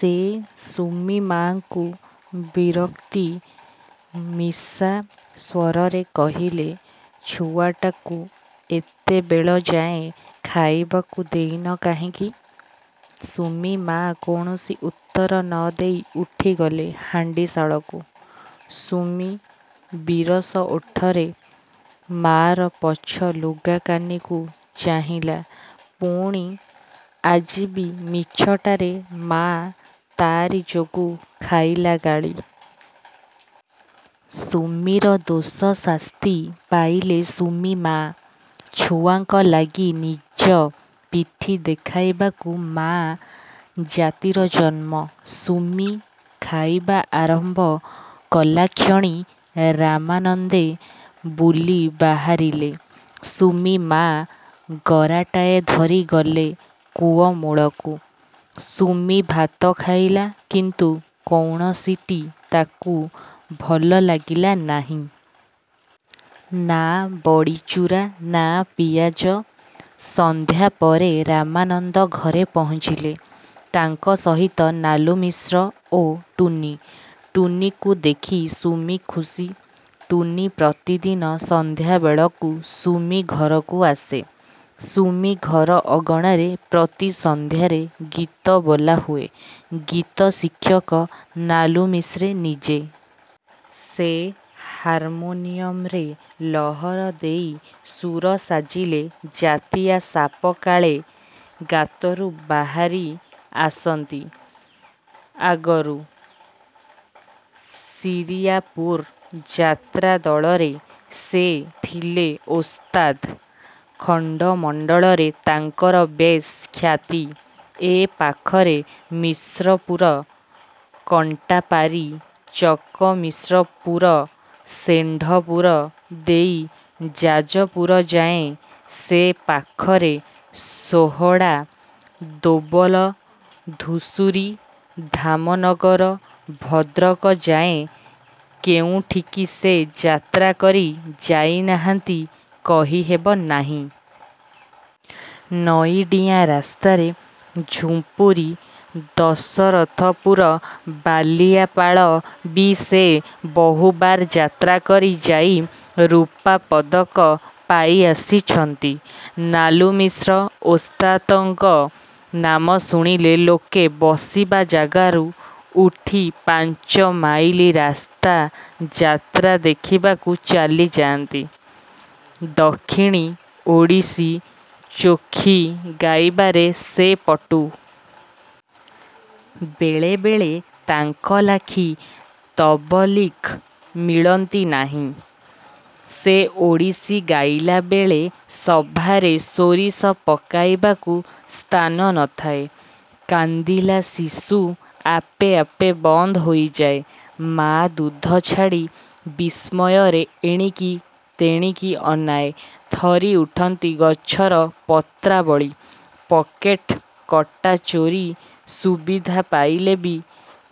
ସେ ସୁମିମା'ଙ୍କୁ ବିରକ୍ତି ମିଶା ସ୍ୱରରେ କହିଲେ–'ଛୁଆଟାକୁ ଏତେବେଳେଯାଏଁ ଖାଇବାକୁ ଦେଇନ କାହିଁକି? ' ସୁମି ମା' କୌଣସି ଉତ୍ତର ନଦେଇ ଉଠିଗଲେ ହାଣ୍ଡିଶାଳକୁ। ସୁମି ବିରସ ଓଠରେ ମା'ର ପଛ ଲୁଗାକାନିକୁ ଚାହିଁଲା। ପୁଣି ଆଜି ବି ମିଛଟାରେ ମା' ତାରି ଯୋଗୁଁ ଖାଇଲା ଗାଳି। ସୁମିର ଦୋଷ ଶାସ୍ତି ପାଇଲେ ସୁମି-ମା। ଛୁଆଙ୍କ ଲାଗି ନିଜ ପିଠି ଦେଖେଇବାକୁ ମା' ଜାତିର ଜନ୍ମ-। ସୁମି ଖାଇବା ଆରମ୍ଭ କଲାକ୍ଷଣି ରାମାନନ୍ଦେ ବୁଲି ବାହାରିଲେ। ସୁମି-ମା ଗରାଟାଏ ଧରି ଗଲେ କୂଅମୂଳକୁ। ସୁମି ଭାତ ଖାଇଲା–କିନ୍ତୁ କୌଣସିଟି ତାକୁ। ଭଲ ଲାଗିଲା ନାହିଁ। ନା ବଡ଼ିଚୂରା–ନା ପିଆଜ। ସଂଧ୍ୟା ପରେ ରାମାନନ୍ଦ ଘରେ ପହଞ୍ଚିଲେ। ତାଙ୍କ ସହିତ ନାଲୁମିଶ୍ର ଓ ଟୁନୀ। ଟୁନୀକୁ ଦେଖି ସୁମି ଖୁସି। ଟୁନୀ ପ୍ରତିଦିନ ସଂଧ୍ୟାବେଳକୁ ସୁମିଘରକୁ ଆସେ। ସୁମି ଘର ଅଗଣାରେ ପ୍ରତି ସଂଧ୍ୟାରେ ଗୀତ ବୋଲା ହୁଏ। ଗୀତ ଶିକ୍ଷକ ନାଲୁମିଶ୍ରେ ନିଜେ। ସେ ହାରମୋନିୟମରେ ଲହର ଦେଇ ସୁର ସାଜିଲେ ଜାତିଆ ସାପ କାଳେ ଗାତରୁ ବାହାରି ଆସନ୍ତି। ଆଗରୁ ଶିରିଆପୁର ଯାତ୍ରାଦଳରେ ସେ ଥିଲେ ଓସ୍ତାଦ। ଖଣ୍ଡମଣ୍ଡଳରେ ତାଙ୍କର ବେଶ୍ ଖ୍ୟାତି। ଏ ପାଖରେ ମିଶ୍ରପୁର, କଣ୍ଟାପାରୀ-ଚକ-ମିଶ୍ରପୁର ଷେଣ୍ଢପୁର ଦେଇ ଯାଜପୁରଯାଏଁ, ସେପାଖରେ ସୋହଡ଼ା, ଦୋବଲ, ଧୁସୁରି, ଧାମନଗର, ଭଦ୍ରଖଯାଏଁ କେଉଁଠିକି ସେ ଯାତ୍ରା କରି ଯାଇ ନାହାନ୍ତି କହିହେବ ନାହିଁ। ନଈଡିଆଁ ରାସ୍ତାରେ ଝୁମ୍ପୁରି, ଦଶରଥପୁର, ବାଲିଆପାଳ ବି ସେ ବହୁବାର ଯାତ୍ରା କରି ଯାଇ ରୂପା-ପଦକ ପାଇ ଆସିଛନ୍ତି। ନାଲୁମିଶ୍ର ଓସ୍ତାଦଙ୍କ ନାମ ଶୁଣିଲେ ଲୋକେ ବସିବା ଜାଗାରୁ ଉଠି ପାଞ୍ଚ ମାଇଲ ରାସ୍ତା ଯାତ୍ରା ଦେଖିବାକୁ ଚାଲି ଯାଆନ୍ତି। ଦକ୍ଷିଣୀ, ଓଡ଼ିଶୀ, ଚୋଖି ଗାଇବାରେ ସେ ପଟୁ। ବେଳେବେଳେ ତାଙ୍କ ଲାଖି ତବଲିକ୍ ମିଳନ୍ତି ନାହିଁ। ସେ ଓଡ଼ିଶୀ ଗାଇଲାବେଳେ ସଭାରେ ସୋରିଷ ପକେଇବାକୁ ସ୍ଥାନ ନ ଥାଏ। କାନ୍ଦିଲା ଶିଶୁ ଆପେ ଆପେ ବନ୍ଦ ହୋଇଯାଏ–ମା' ଦୁଧ ଛାଡ଼ି ବିସ୍ମୟରେ ଏଣିକି ତେଣିକି ଅନାଏ। ଥରି ଉଠନ୍ତି ଗଛର ପତ୍ରାବଳୀ ପକେଟ୍ କଟା ଚୋର ସୁବିଧା ପାଇଲେ ବି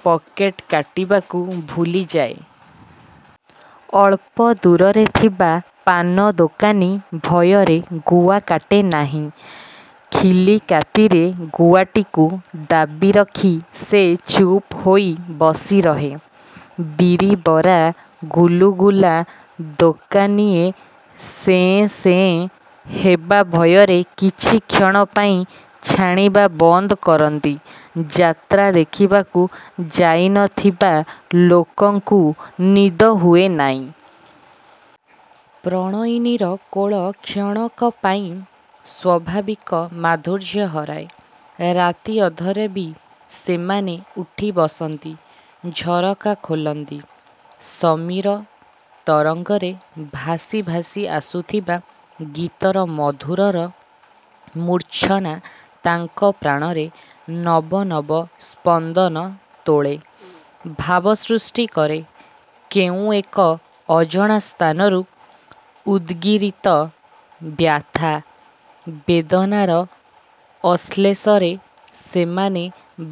ପକେଟ୍ କାଟିବାକୁ ଭୁଲିଯାଏ। ଅଳ୍ପ ଦୂରରେ ଥିବା ପାନ-ଦୋକାନୀ ଭୟରେ ଗୁଆ କାଟେ ନାହିଁ। ଖିଲିକାତିରେ ଗୁଆଟିକୁ ଦାବିରଖି ସେ ଚୁପ୍ ହୋଇ ବସିରହେ। ବିରିବରା ଗୁଲୁଗୁଲା ଦୋକାନୀଏ ସେଁ ସେଁ–ହେବା ଭୟରେ କିଛିକ୍ଷଣ ପାଇଁ ଛାଣିବା ବନ୍ଦ କରନ୍ତି। ଯାତ୍ରା ଦେଖିବାକୁ ଯାଇନଥିବା ଲୋକଙ୍କୁ ନିଦ ହୁଏ ନାଇଁ। ପ୍ରଣୟିନୀର କୋଳ କ୍ଷଣକ ପାଇଁ ସ୍ୱାଭାବିକ ମାଧୁର୍ଯ୍ୟ ହରାଏ। ରାତି ଅଧରେ ବି ସେମାନେ ଉଠି ବସନ୍ତି–ଝରକା ଖୋଲନ୍ତି–ସମୀର ତରଙ୍ଗରେ ଭାସି ଭାସି ଆସୁଥିବା ଗୀତର ମଧୁରର ମୂର୍ଚ୍ଛନା ତାଙ୍କ ପ୍ରାଣରେ ନବନବ ସ୍ପନ୍ଦନ ତୋଳେ, ଭାବ ସୃଷ୍ଟି କରେ–କେଉଁ ଏକ ଅଜଣା ସ୍ଥାନରୁ ଉଦ୍ଗୀରିତ ବ୍ୟଥା–ବେଦନାର ଅଶ୍ଳେଷରେ ସେମାନେ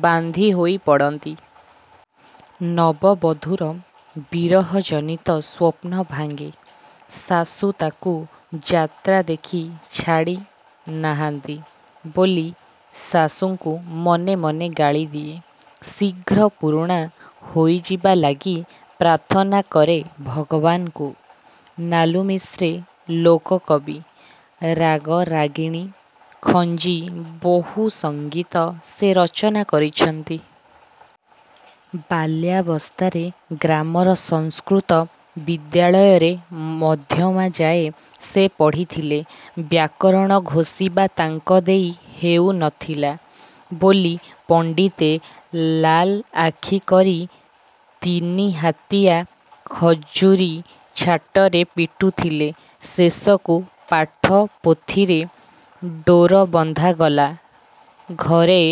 ବାନ୍ଧିହୋଇ ପଡ଼ନ୍ତି। ନବ ବଧୂର ବିରହଜନିତ ସ୍ୱପ୍ନ ଭାଙ୍ଗେ। ଶାଶୁ ତାକୁ ଯାତ୍ରା ଦେଖି ଛାଡ଼ି ନାହାନ୍ତି ବୋଲି ଶାଶୁଙ୍କୁ ମନେ ମନେ ଗାଳିଦିଏ। ଶୀଘ୍ର ପୁରୁଣା ହୋଇଯିବା ଲାଗି ପ୍ରାର୍ଥନା କରେ ଭଗବାନଙ୍କୁ। ନାଲୁମିଶ୍ରେ ଲୋକ-କବି। ରାଗ ରାଗିଣୀ ଖଞ୍ଜି ବହୁ ସଙ୍ଗୀତ ସେ ରଚନା କରିଛନ୍ତି। ବାଲ୍ୟାବସ୍ଥାରେ ଗ୍ରାମର ସଂସ୍କୃତ ବିଦ୍ୟାଳୟରେ ମଧ୍ୟମାଯାଏ ସେ ପଢ଼ିଥିଲେ। ବ୍ୟାକରଣ ଘୋଷିବା ତାଙ୍କ ଦେଇ ହେଉ ନଥିଲା ବୋଲି ପଣ୍ଡିତେ ଲାଲଆଖି କରି ତିନି ହାତିଆ ଖଜୁରୀ ଛାଟରେ ପିଟୁଥିଲେ। ଶେଷକୁ ପାଠ ପୋଥିରେ ଡୋରବନ୍ଧାଗଲା। ଘରେ